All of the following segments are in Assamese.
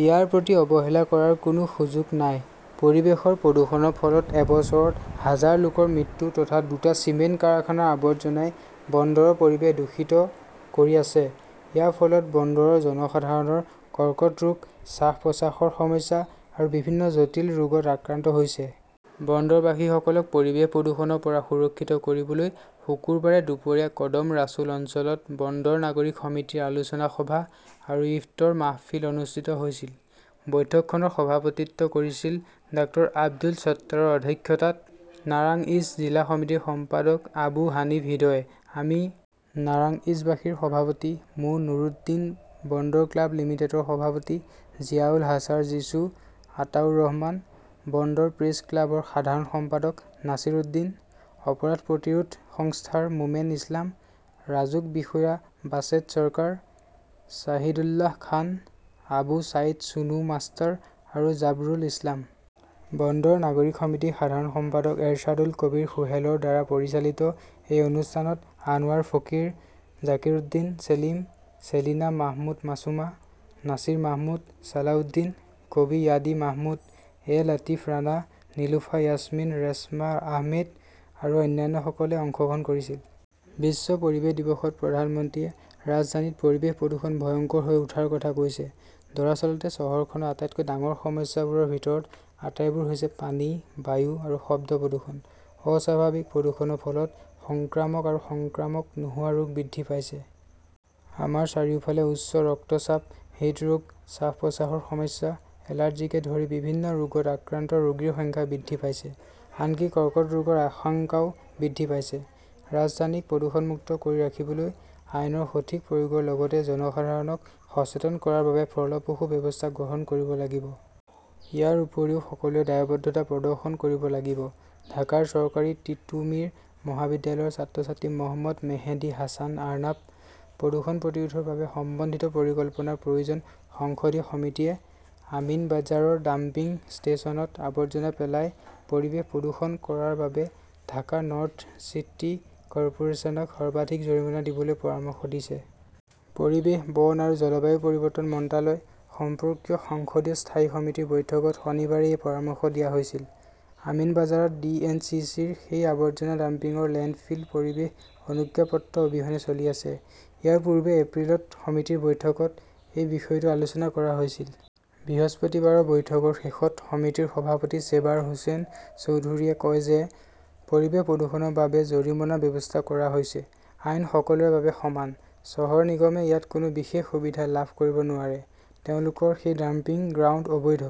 ইয়াৰ প্ৰতি অৱহেলা কৰাৰ কোনো সুযোগ নাই। পৰিৱেশৰ প্ৰদূষণৰ ফলত এবছৰত হাজাৰ লোকৰ মৃত্যু তথা দুটা চিমেণ্ট কাৰখানাৰ আৱৰ্জনাই বন্দৰৰ পৰিৱেশ দূষিত কৰি আছে। ইয়াৰ ফলত বন্দৰৰ জনসাধাৰণৰ কৰ্কট ৰোগ, শ্বাস-প্ৰশ্বাসৰ সমস্যা আৰু বিভিন্ন জটিল ৰোগত আক্ৰান্ত হৈছে। বন্দৰবাসীসকলক পৰিৱেশ প্ৰদূষণৰ পৰা সুৰক্ষিত কৰিবলৈ শুকুৰবাৰে দুপৰীয়া কদম ৰাছুল অঞ্চলত বন্দৰ নাগৰিক সমিতিৰ আলোচনা সভা আৰু ইফতৰ মাহফিল অনুষ্ঠিত হৈছিল। বৈঠকখনৰ সভাপতিত্ব কৰিছিল ডাঃ আব্দুল ছট্টাৰৰ অধ্যক্ষতাত নাৰাংইজ জিলা সমিতিৰ সম্পাদক আবু হানিফ হৃদয়ে। আমি নাৰাংইজবাসীৰ সভাপতি মো. নুৰুদ্দিন, বন্দৰ ক্লাব লিমিটেডৰ সভাপতি জিয়াউল হাছাৰ জিছু, আতাউৰ ৰহমান, বন্দৰ প্ৰেছ ক্লাবৰ সাধাৰণ সম্পাদক নাছিৰুদ্দিন অপৰাধ প্ৰতিৰোধ সংস্থাৰ মোমেন ইছলাম, ৰাজুক বিষয়া বাছেড চৰকাৰ, শ্বাহিদুল্লাহ খান, আবু ছাইদ চুনু মাষ্টাৰ আৰু জাবৰুল ইছলাম। বন্দৰ নাগৰিক সমিতিৰ সাধাৰণ সম্পাদক এৰশ্বাদুল কবীৰ সোহেলৰ দ্বাৰা পৰিচালিত এই অনুষ্ঠানত আনৱাৰ ফকীৰ, জাকিৰউদ্দিন ছেলিম, চেলিনা মাহমুদ মাছুমা, নাছিৰ মাহমুদ, চালাউদ্দিন, কবি য়াদি মাহমুদ, এ লতিফ ৰাণা, নিলুফা য়াসমিন ৰেশমা আহমেদ আৰু অন্যান্যসকলে অংশগ্ৰহণ কৰিছিল। বিশ্ব পৰিৱেশ দিৱসত প্ৰধানমন্ত্ৰীয়ে ৰাজধানীত পৰিৱেশ প্ৰদূষণ ভয়ংকৰ হৈ উঠাৰ কথা কৈছে। দৰাচলতে, চহৰখনৰ আটাইতকৈ ডাঙৰ সমস্যাবোৰৰ ভিতৰত আটাইবোৰ হৈছে পানী, বায়ু আৰু শব্দ প্ৰদূষণ। অস্বাভাৱিক প্ৰদূষণৰ ফলত সংক্ৰামক আৰু সংক্ৰামক নোহোৱা ৰোগ বৃদ্ধি পাইছে। আমাৰ চাৰিওফালে উচ্চ ৰক্তচাপ, হৃদৰোগ, শ্বাস-প্ৰশ্বাসৰ সমস্যা, এলাৰ্জিকে ধৰি বিভিন্ন ৰোগত আক্ৰান্ত ৰোগীৰ সংখ্যা বৃদ্ধি পাইছে; আনকি কৰ্কট ৰোগৰ আশংকাও বৃদ্ধি পাইছে। ৰাজধানীক প্ৰদূষণমুক্ত কৰি ৰাখিবলৈ আইনৰ সঠিক প্ৰয়োগৰ লগতে জনসাধাৰণক সচেতন কৰাৰ বাবে ফলপ্ৰসূ ব্যৱস্থা গ্ৰহণ কৰিব লাগিব। ইয়াৰ উপৰিও সকলোৱে দায়বদ্ধতা প্ৰদৰ্শন কৰিব লাগিব। ঢাকাৰ চৰকাৰী তিতুমীৰ মহাবিদ্যালয়ৰ ছাত্ৰ-ছাত্ৰী মহম্মদ মেহেদী হাছান আৰ্নাব। প্ৰদূষণ প্ৰতিৰোধৰ বাবে সমন্বিত পৰিকল্পনাৰ প্ৰয়োজন সংসদীয় সমিতিয়ে আমিনবাঝাৰৰ ডাম্পিং ষ্টেচনত আৱৰ্জনা পেলাই পৰিৱেশ প্ৰদূষণ কৰাৰ বাবে ঢাকা নৰ্থ চিটি কৰ্পোৰেচনক সৰ্বাধিক জৰিমনা দিবলৈ পৰামৰ্শ দিছে। পৰিৱেশ, বন আৰু জলবায়ু পৰিৱৰ্তন মন্ত্ৰালয় সম্পৰ্কীয় সংসদীয় স্থায়ী সমিতিৰ বৈঠকত শনিবাৰে এই পৰামৰ্শ দিয়া হৈছিল। আমিনবাঝাৰত ডি. এন. চি. চি. -ৰ সেই আৱৰ্জনা ডাম্পিংৰ লেণ্ডফিল পৰিৱেশ অনুজ্ঞাপত্ৰ অবিহনে চলি আছে। ইয়াৰ পূৰ্বে এপ্ৰিলত সমিতিৰ বৈঠকত এই বিষয়টো আলোচনা কৰা হৈছিল। বৃহস্পতিবাৰৰ বৈঠকৰ শেষত সমিতিৰ সভাপতি চেবাৰ হোসেন চৌধুৰীয়ে কয় যে পৰিৱেশ প্ৰদূষণৰ বাবে জৰিমনাৰ ব্যৱস্থা কৰা হৈছে। আইন সকলোৰে বাবে সমান। চহৰ নিগমে ইয়াত কোনো বিশেষ সুবিধা লাভ কৰিব নোৱাৰে। তেওঁলোকৰ সেই ডাম্পিং গ্ৰাউণ্ড অবৈধ।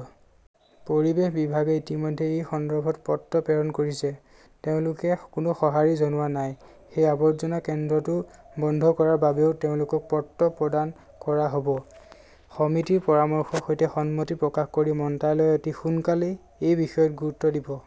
পৰিৱেশ বিভাগে ইতিমধ্যে এই সন্দৰ্ভত পত্ৰ প্ৰেৰণ কৰিছে, তেওঁলোকে কোনো সঁহাৰি জনোৱা নাই। সেই আৱৰ্জনা কেন্দ্ৰটো বন্ধ কৰাৰ বাবেও তেওঁলোকক পত্ৰ প্ৰদান কৰা হ'ব। সমিতিৰ পৰামৰ্শৰ সৈতে সন্মতি প্ৰকাশ কৰি মন্ত্ৰালয়ে অতি সোনকালেই এই বিষয়ত গুৰুত্ব দিব।